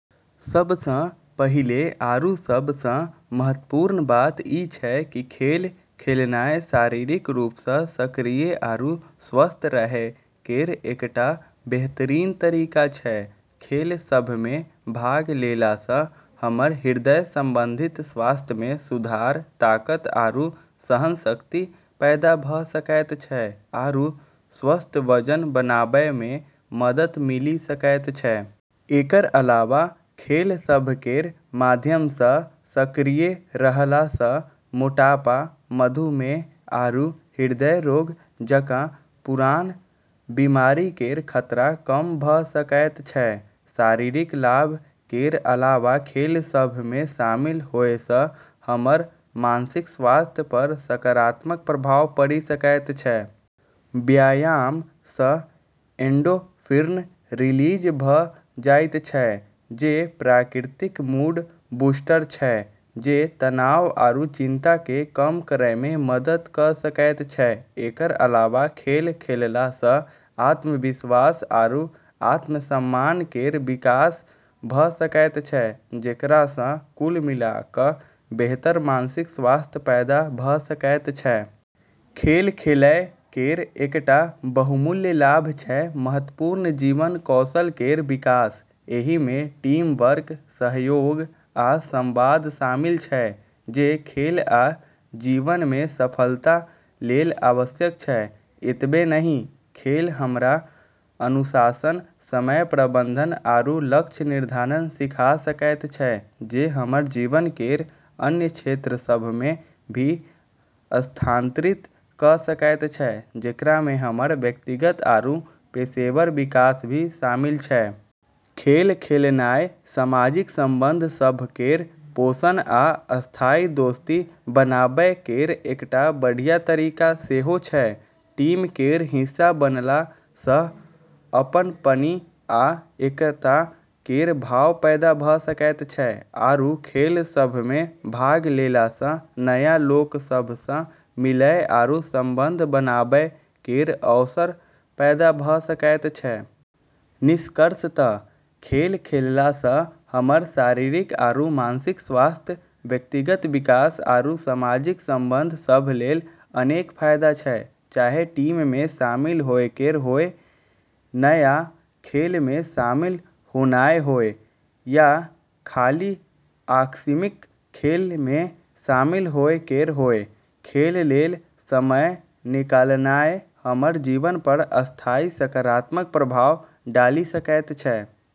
सब सँ पहिले आरू सब सँ महत्वपूर्ण बात ई छै कि खेल खेलनाय शारीरिक रूप सँ सक्रिय आरू स्वस्थ रहै केर एकटा बेहतरीन तरीका छै। खेल सभ मे भाग लेला सँ हमर हृदय संबंधी स्वास्थ्य मे सुधार, ताकत आरू सहनशक्ति पैदा भऽ सकैत छै, आरू स्वस्थ वजन बनाबै मे मदद मिलि सकैत छै। एकर अलावा खेल सभ केर माध्यम सँ सक्रिय रहला सँ मोटापा, मधुमेह, आरू हृदय रोग जकाँ पुरान बीमारी केर खतरा कम भऽ सकैत छै। शारीरिक लाभ केर अलावा खेल सभ मे शामिल होए सँ हमर मानसिक स्वास्थ्य पर सकारात्मक प्रभाव पड़ि सकैत छै। व्यायाम सँ एंडोर्फिन रिलीज भऽ जाइत छै, जे प्राकृतिक मूड-बूस्टर छै जे तनाव आरू चिंता केँ कम करै मे मदद कऽ सकैत छै। एकर अलावा खेल खेलला सँ आत्मविश्वास आरू आत्मसम्मान केर विकास भऽ सकैत छै, जेकरा सँ कुल मिला कऽ बेहतर मानसिक स्वास्थ्य पैदा भऽ सकैत छै। खेल खेलै केर एकटा बहुमूल्य लाभ छै महत्वपूर्ण जीवन कौशल केर विकास। एहि मे टीम वर्क, सहयोग, आ संवाद शामिल छै जे खेल आ जीवन मे सफलता लेल आवश्यक छै। एतबे नहि, खेल हमरा अनुशासन, समय प्रबंधन, आरू लक्ष्य निर्धारण सिखा सकैत छै, जे हमर जीवन केर अन्य क्षेत्र सभ मे भी स्थानांतरित कऽ सकैत छै, जेकरा मे हमर व्यक्तिगत आरू पेशेवर विकास भी शामिल छै। खेल खेलनाय सामाजिक संबंध सभ केर पोषण आ स्थायी दोस्ती बनाबै केर एकटा बढ़िया तरीका सेहो छै। टीम केर हिस्सा बनला सँ अपनपनि आ एकता केर भाव पैदा भऽ सकैत छै, आरू खेल सभ मे भाग लेला सँ नया लोक सभ सँ मिलै आरू संबंध बनाबै केर अवसर पैदा भऽ सकैत छै। निष्कर्षतः, खेल खेलला सँ हमर शारीरिक आरू मानसिक स्वास्थ्य, व्यक्तिगत विकास, आरू सामाजिक संबंध सभ लेल अनेक फायदा छै। चाहे टीम मे शामिल होए केर होय, नया खेल मे शामिल होनाय होय, या खाली आकस्मिक खेल मे शामिल होए केर होय, खेल लेल समय निकालनाय हमर जीवन पर स्थायी सकारात्मक प्रभाव डालि सकैत छै।